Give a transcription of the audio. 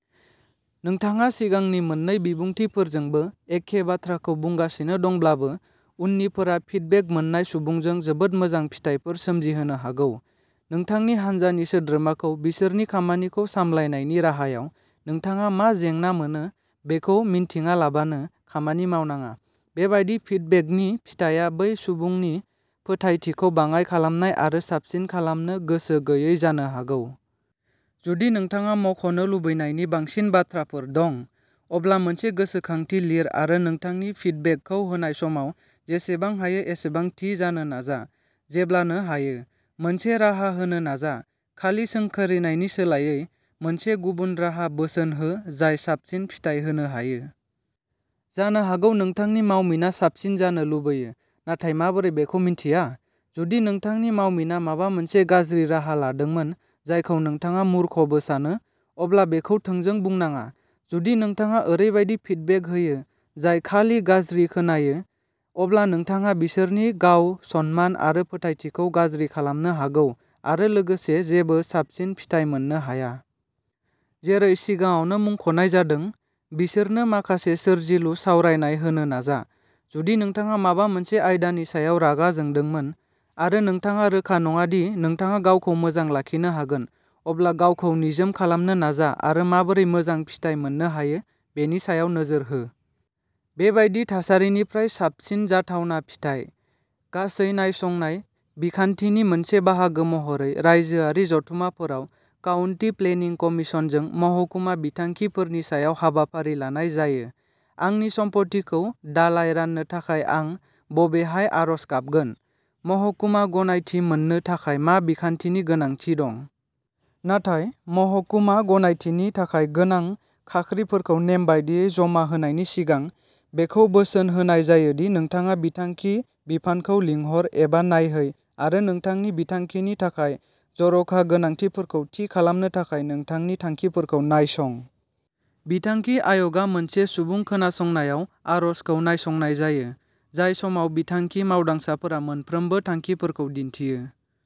नोंथाङा सिगांनि मोन्नै बिबुंथिफोरजोंबो एखे बाथ्राखौ बुंगासिनो दंब्लाबो, उननिफोरा फिडबेक मोन्नाय सुबुंजों जोबोद मोजां फिथायफोर सोमजिहोनो हागौ। नोंथांनि हानजानि सोद्रोमाखौ बिसोरनि खामानिखौ सामलायनायनि राहायाव नोंथाङा मा जेंना मोनो बेखौ मिन्थिङालाबानो खामानि मावनाङा। बेबादि फिडबेकनि फिथाया बै सुबुंनि फोथायथिखौ बाङाइ खालामनाय आरो साबसिन खालामनो गोसो गैयै जानो हागौ। जुदि नोंथाङा मख'नो लुबैनायनि बांसिन बाथ्राफोर दं, अब्ला मोनसे गोसोखांथि लिर आरो नोंथांनि फिडबेकखौ होनाय समाव जेसेबां हायो एसेबां थि जानो नाजा। जेब्लानो हायो, मोनसे राहा होनो नाजा। खालि सोंखारिनायनि सोलायै, मोनसे गुबुन राहा बोसोन हो जाय साबसिन फिथाय होनो हायो। जानो हागौ नोंथांनि मावमिना साबसिन जानो लुबैयो, नाथाय माबोरै बेखौ मिन्थिया? जुदि नोंथांनि मावमिना माबा मोनसे गाज्रि राहा लादोंमोन जायखौ नोंथाङा मूर्खबो सानो, अब्ला बेखौ थोंजों बुंनाङा। जुदि नोंथाङा ओरैबायदि फिडबेक होयो जाय खालि गाज्रि खोनायो, अब्ला नोंथाङा बिसोरनि गाव-सनमान आरो फोथायथिखौ गाज्रि खालामनो हागौ आरो लोगोसे जेबो साबसिन फिथाय मोननो हाया। जेरै सिगाङावनो मुंख'नाय जादों, बिसोरनो माखासे सोरजिलु सावरायनाय होनो नाजा। जुदि नोंथाङा माबा मोनसे आयदानि सायाव रागा जोंदोंमोन, आरो नोंथाङा रोखा नङा दि नोंथाङा गावखौ मोजां लाखिनो हागोन, अब्ला गावखौ निजोम खालामनो नाजा आरो माबोरै मोजां फिथाय मोननो हायो बेनि सायाव नोजोर हो। बेबादि थासारिनिफ्राय साबसिन जाथावना फिथाय। गासै नायसंनाय बिखान्थिनि मोनसे बाहागो महरै रायजोआरि जथुमफोराव काउन्टि प्लेनिं कमिसनजों महकुमा बिथांखिफोरनि सायाव हाबाफारि लानाय जायो। आंनि सम्फथिखौ दालाय राननो थाखाय आं बबेहाय आर'ज गाबगोन? महकुमा गनायथि मोन्नो थाखाय मा बिखान्थिनि गोनांथि दं? नाथाय, महकुमा गनायथिनि थाखाय गोनां खाख्रिफोरखौ नेम बायदियै जमा होनायनि सिगां, बेखौ बोसोन होनाय जायो दि नोंथाङा बिथांखि बिफानखौ लिंहर एबा नायहै आरो नोंथांनि बिथांखिनि थाखाय जर'खा गोनांथिफोरखौ थि खालामनो थाखाय नोंथांनि थांखिफोरखौ नायसं। बिथांखि आय'गआ मोनसे सुबुं खोनासंनायाव आर'जखौ नायसंनाय जायो, जाय समाव बिथांखि मावदांसाफोरा मोनफ्रोमबो थांखिफोरखौ दिन्थियो।